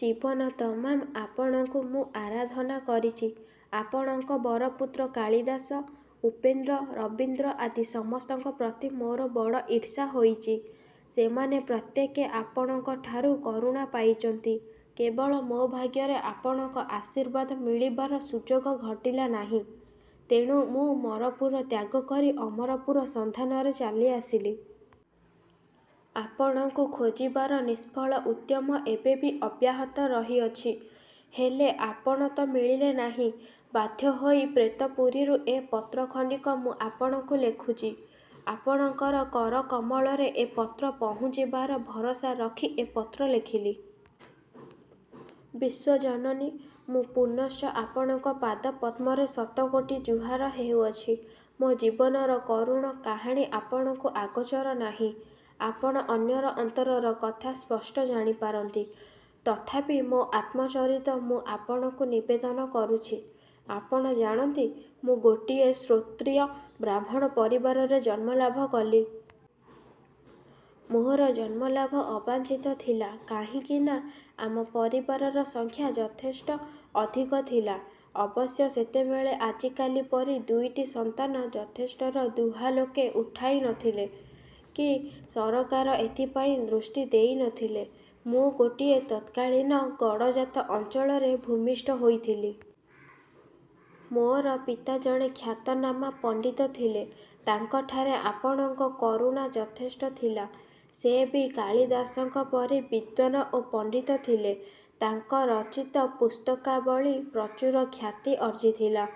ଜୀବନ ତମାମ ଆପଣଙ୍କୁ ମୁଁ ଆରାଧନା କରିଚି। ଆପଣଙ୍କ ବରପୁତ୍ର କାଳିଦାସ, ଉପେନ୍ଦ୍ର, ରବୀନ୍ଦ୍ର ଆଦି ସମସ୍ତଙ୍କ ପ୍ରତି ମୋର ବଡ଼ ଈର୍ଷା ହୋଇଚି। ସେମାନେ ପ୍ରତ୍ୟେକେ ଆପଣଙ୍କଠାରୁ କରୁଣା ପାଇଚନ୍ତି। କେବଳ ମୋ ଭାଗ୍ୟରେ ଆପଣଙ୍କ ଆଶୀର୍ବାଦ ମିଳିବାର ସୁଯୋଗ ଘଟିଲା ନାହିଁ। ତେଣୁ ମୁଁ ମରପୁର ତ୍ୟାଗ କରି ଅମରପୁର ସନ୍ଧାନରେ ଚାଲି ଆସିଲି। ଆପଣଙ୍କୁ ଖୋଜିବାର ନିଷ୍ଫଳ ଉଦ୍ୟମ ଏବେ ବି ଅବ୍ୟାହତ ରହି ଅଛି। ହେଲେ ଆପଣ ତ ମିଳିଲେ ନାହିଁ, ବାଧ୍ୟ ହୋଇ ପ୍ରେତପୁରୀରୁ ଏ ପତ୍ର ଖଣ୍ଡିକ ମୁଁ ଆପଣଙ୍କୁ ଲେଖୁଚି। ଆପଣଙ୍କର କରକମଳରେ ଏ ପତ୍ର ପହୁଞ୍ଚିବାର ଭରସା ରଖି ଏ ପତ୍ର ଲେଖିଲି। ବିଶ୍ୱଜନନୀ, ମୁଁ ପୁନଶ୍ଚ ଆପଣଙ୍କ ପାଦ-ପଦ୍ମରେ ଶତକୋଟି ଜୁହାର ହେଉଅଛି। ମୋ ଜୀବନର କରୁଣ କାହାଣୀ ଆପଣଙ୍କୁ ଅଗୋଚର ନାହିଁ। ଆପଣ ଅନ୍ୟର ଅନ୍ତରର କଥା ସ୍ପଷ୍ଟ ଜାଣିପାରନ୍ତି। ତଥାପି ମୋ ଆତ୍ମଚରିତ ମୁଁ ଆପଣଙ୍କୁ ନିବେଦନ କରୁଛି। ଆପଣ ଜାଣନ୍ତି, ମୁଁ ଗୋଟିଏ ଶ୍ରୋତ୍ରୀୟ ବ୍ରାହ୍ମଣ ପରିବାରରେ ଜନ୍ମଲାଭ କଲି। ମୋର ଜନ୍ମଲାଭ ଅବାଞ୍ଛିତ ଥିଲା। କାହିଁକି ନା, ଆମ ପରିବାରର ସଂଖ୍ୟା ଯଥେଷ୍ଟ ଅଧିକ ଥିଲା। ଅବଶ୍ୟ ସେତେବେଳେ ଆଜିକାଲି ପରି ଦୁଇଟି ସନ୍ତାନ ଯଥେଷ୍ଟର ଦୁହା ଲୋକେ ଉଠାଇ ନ ଥିଲେ, କି ସରକାର ଏଥିପାଇଁ ଦୃଷ୍ଟି ଦେଇ ନ ଥିଲେ। ମୁଁ ଗୋଟିଏ ତତ୍କାଳିନ ଗଡ଼ଜାତ ଅଞ୍ଚଳରେ ଭୂମିଷ୍ଠ ହୋଇଥିଲି। ମୋର ପିତା ଜଣେ ଖ୍ୟାତନାମା ପଣ୍ଡିତ ଥିଲେ। ତାଙ୍କଠାରେ ଆପଣଙ୍କ କରୁଣା ଯଥେଷ୍ଟ ଥିଲା। ସେ ବି କାଳିଦାସଙ୍କ ପରି ବିଦ୍ୱାନ୍ ଓ ପଣ୍ଡିତ ଥିଲେ। ତାଙ୍କ ରଚିତ ପୁସ୍ତକାବଳୀ ପ୍ରଚୁର ଖ୍ୟାତି ଅର୍ଜ୍ଜିଥିଲା।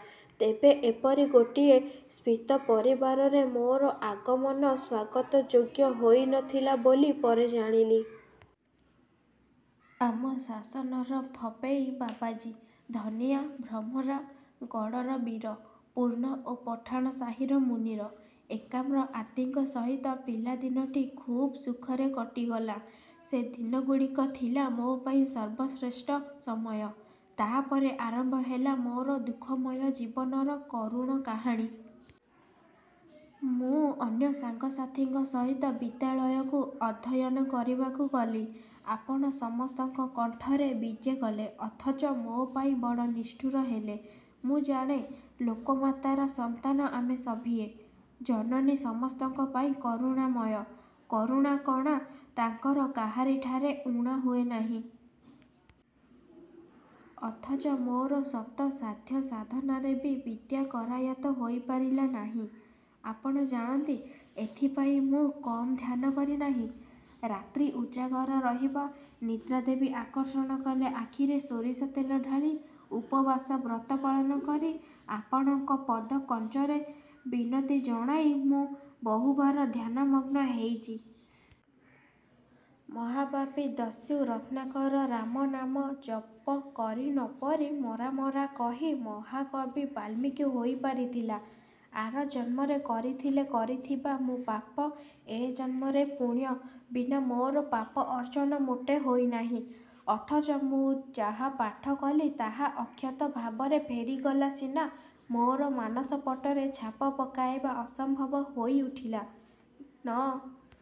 ତେବେ ଏପରି ଗୋଟିଏ ସ୍ଫୀତ ପରିବାରରେ ମୋର ଆଗମନ ସ୍ୱାଗତଯୋଗ୍ୟ ହୋଇ ନ ଥିଲା ବୋଲି ପରେ ଜାଣିଲି। ଆମ ଶାସନର ଫପେଇ ବାବାଜୀ, ଧନିଆ, ଭ୍ରମରା, ଗଡ଼ର ବୀର, ପୂର୍ଣ୍ଣ ଓ ପଠାଣ ସାହିର ମୁନିର, ଏକାମ୍ର ଆଦିଙ୍କ ସହିତ ପିଲାଦିନଟି ଖୁବ୍ ସୁଖରେ କଟିଗଲା। ସେ ଦିନଗୁଡ଼ିକ ଥିଲା ମୋ ପାଇଁ ସର୍ବଶ୍ରେଷ୍ଟ ସମୟ। ତା'ପରେ ଆରମ୍ଭ ହେଲା ମୋର ଦୁଃଖମୟ ଜୀବନର କରୁଣ କାହାଣୀ। ମୁଁ ଅନ୍ୟ ସାଙ୍ଗ ସାଥୀଙ୍କ ସହିତ ବିଦ୍ୟାଳୟକୁ ଅଧୟନ କରିବାକୁ ଗଲି। ଆପଣ ସମସ୍ତଙ୍କ କଣ୍ଠରେ ବିଜେ କଲେ; ଅଥଚ ମୋ ପାଇଁ ବଡ଼ ନିଷ୍ଠୁର ହେଲେ-। ମୁଁ ଜାଣେ, ଲୋକମାତାର ସନ୍ତାନ ଆମେ ସଭିଏ। ଜନନୀ ସମସ୍ତଙ୍କ ପାଇଁ କରୁଣାମୟ-। କରୁଣା-କଣା ତାଙ୍କର କାହାରିଠାରେ ଊଣା ହୁଏ ନାହିଁ। ଅଥଚ ମୋର ଶତ ସାଧ୍ୟ ସାଧନାରେ ବି ବିଦ୍ୟା କରାୟତ୍ତ ହୋଇପାରିଲା ନାହିଁ; ଆପଣ ଜାଣନ୍ତି, ଏଥିପାଇଁ ମୁଁ କମ୍ ଧ୍ୟାନ କରି ନାହିଁ। ରାତ୍ରି ଉଜାଗର ରହିବା, ନିଦ୍ରା ଦେବୀ ଆକର୍ଷଣ କଲେ ଆଖିରେ ସୋରିଷ ତେଳ ଢ଼ାଳି, ଉପବାସ ବ୍ରତ ପାଳନ କରି, ଆପଣଙ୍କ ପଦ କଞ୍ଜରେ ବିନତି ଜଣାଇ ମୁଁ ବହୁବାର ଧ୍ୟାନମଗ୍ନ ହେଇଚି। ମହାପାପୀ ଦସ୍ୟୁ ରତ୍ନାକର 'ରାମ' ନାମ ଜପ କରି ନ ପରି 'ମରା' 'ମରା' କହି ମହାକବି ବାଲ୍ମୀକି ହୋଇ ପାରିଥିଲା। ଆର ଜନ୍ମରେ କରିଥିଲେ କରିଥିବା ମୁଁ ପାପ, ଏ ଜନ୍ମରେ ପୁଣ୍ୟ ବିନା ମୋର ପାପ ଅର୍ଜ୍ଜନ ମୋଟେ ହୋଇନାହିଁ। ଅଥଚ ମୁଁ ଯାହା ପାଠ କଲି ତାହା ଅକ୍ଷତ ଭାବରେ ଫେରିଗଲା ସିନା; ମୋର ମାନସପଟରେ ଛାପ ପକାଇବା ଅସମ୍ଭବ ହୋଇ ଉଠିଲା। ନ